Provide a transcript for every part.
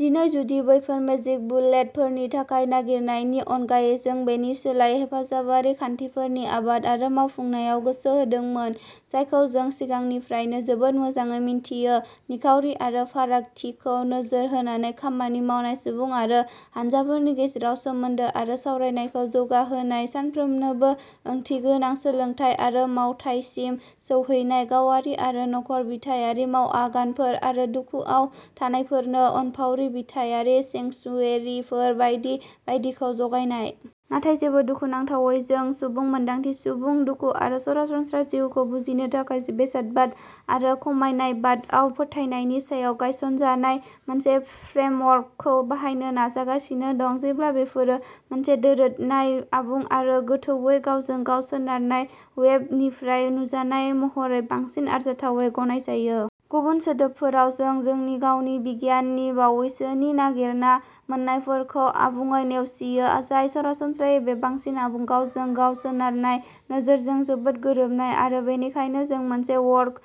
दिनै जुदि बैफोर "मेजिक बुलेट" फोरनि थाखाय नागिरनायनि अनगायै, जों बेनि सोलायै हेफाजाबारि खान्थिफोरनि आबाद आरो मावफुंनायाव गोसो होदोंमोन जायखौ जों सिगांनिफ्रायनो जोबोद मोजाङै मिन्थियो-निखावरि आरो फारागथिखौ नोजोर होनानै खामानि मावनाय, सुबुं आरो हानजाफोरनि गेजेराव सोमोन्दो आरो सावरायनायखौ जौगाहोनाय, साफ्रोमनोबो ओंथिगोनां सोलोंथाय आरो मावथायसिम सौहैनाय, गावारि-आरो नखर-बिथायारि मावआगानफोर आरो दुखुआव थानायफोरनो अनफावरि-बिथायारि सेंक्सुयेरिफोर बायदि बायदिखौ जगायनाय। नाथाय जेबो-दुखुनांथावै, जों सुबुं मोन्दांथि, सुबुं दुखु आरो सरासनस्रा जिउखौ बुजिनो थाखाय बेसादबाद आरो खमायनायबादआव फोथायनायनि सायाव गायसनजानाय मोनसे फ्रेमवर्कखौ बाहायनो नाजागासिनो दं, जेब्ला बेफोरो मोनसे दोरोदनाय, आबुं आरो गोथौवै गावजों-गाव सोनारनाय "वेब" निफ्राय नुजानाय महरै बांसिन आरजाथावै गनायजायो। गुबुन सोदोबफोराव, जों जोंनि गावनि बिगियाननि बावैसोनि नागिरना मोन्नायफोरखौ आबुङै नेवसियो, जाय सरासनस्रायै बे बांसिन आबुं, गावजों-गाव सोनारनाय नोजोरजों जोबोद गोरोबनाय, आरो बेनिखायनो जों मोनसे बर्ग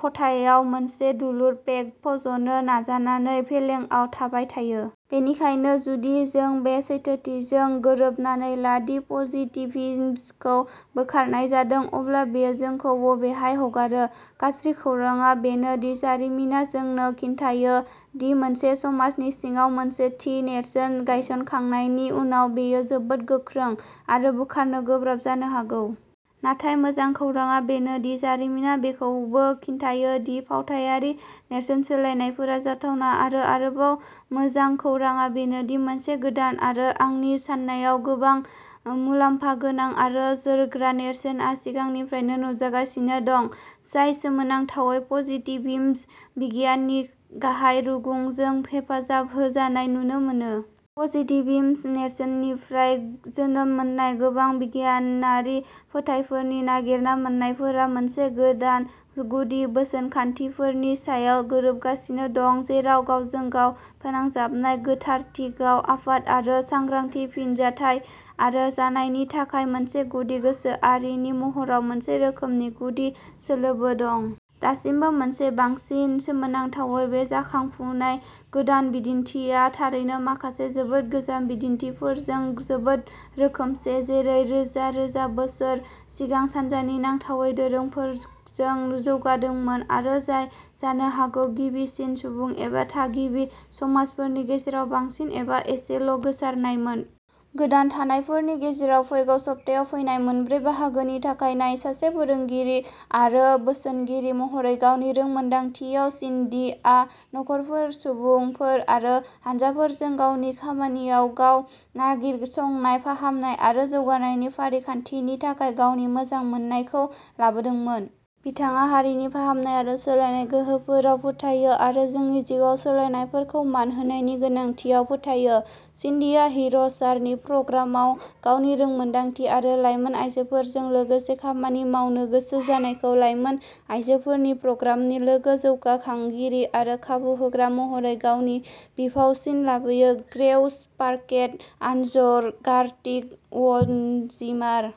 ख'थायाव मोनसे दुलुर पेग फज'नो नाजानानै फेलेंआव थाबाय थायो। बेनिखायनो जुदि जों बे सैथोथिजों गोरोबनानै ला दि पजिटिभिज्मखौ बोखारनाय जादों, अब्ला बेयो जोंखौ बबेहाय हगारो? गाज्रि खौरांआ बेनो दि जारिमिना जोंनो खिन्थायो दि मोनसे समाजनि सिङाव मोनसे थि नेरसोन गायसनखांनायनि उनाव, बेयो जोबोद गोख्रों आरो बोखारनो गोब्राब जानो हागौ। नाथाय मोजां खौरांआ बेनो दि जारिमिना बेखौबो खिन्थायो दि फावथायारि नेरसोन सोलायनायफोरा जाथावना। आरो आरोबाव मोजां खौरांआ बेनोदि मोनसे गोदान, आरो आंनि सान्नायाव, गोबां मुलाम्फा गोनां आरो जोरग्रा नेरसोनआ सिगांनिफ्रायनो नुजागासिनो दं, जाय सोमोनांथावै पजिटिभिज्म बिगियाननि गाहाय रुगुंजों हेफाजाब होजानाय नुनो मोनो। पजिटिभिज्म नेरसोननिफ्राय जोनोम मोननाय गोबां बिगियानारि फोथारफोरनि नागिरना मोन्नायफोरा मोनसे गोदान गुदि बोसोनखान्थिफोरनि सायाव गोरोबगासिनो दं, जेराव गावजों-गाव फोनांजाबनाय, गोथारथि, गाव-आफाद, आरो सांग्रांथि, फिनजाथाय आरो जानायनि थाखाय मोनसे गुदि गोसोआरिनि महराव मोनसे रोखोमनि गुदि सोलोबो दं। दासिमबो मोनसे। बांसिन सोमोनांथावै, बे जाखांफुनाय "गोदान" बिदिनथिया थारैनो माखासे जोबोद गोजाम "बिदिनथिफोरजों जोबोद रोखोमसे-जेरै रोजा-रोजा बोसोर सिगां सानजानि नांथावै दोरोंफोरजों जौगादोंमोन, आरो जाय जानो हागौ गिबिसिन सुबुं, एबा थागिबि, समाजफोरनि गेजेराव बांसिन एबा एसेल'गोसारनायमोन। गोदान थाखानायफोरनि गेजेराव फैगौ सप्तायाव फैनाय मोनब्रै बाहागोनि थाखाय नाय! सासे फोरोंगिरि आरो बोसोनगिरि महरै गावनि रोंमोनदांथियाव, सिन्डीआ नखरफोर, सुबुंफोर आरो हानजाफोरजों गावनि खामानियाव गाव-नागिरसंनाय, फाहामनाय आरो जौगानायनि फारिखान्थिनि थाखाय गावनि मोजां मोननायखौ लाबोदोंमोन। बिथाङा हारिनि फाहामनाय आरो सोलायनाय गोहोफोराव फोथायो आरो जोंनि जिउआव सोलायनायफोरखौ मान होनायनि गोनांथियाव फोथायो। सिन्डीआ हिर'ज जार्नि प्रग्रामाव गावनि रोंमोनदांथि आरो लाइमोन आयजोफोरजों लोगोसे खामानि मावनो गोसो जानायखौ लायमोन आयजोफोरनि प्रग्रामनि लोगो-जौगाखांगिरि आरो खाबु होग्रा महरै गावनि बिफावसिम लाबोयो। ग्रेउस पार्केट आइन्जगार्टिग व'नजिमार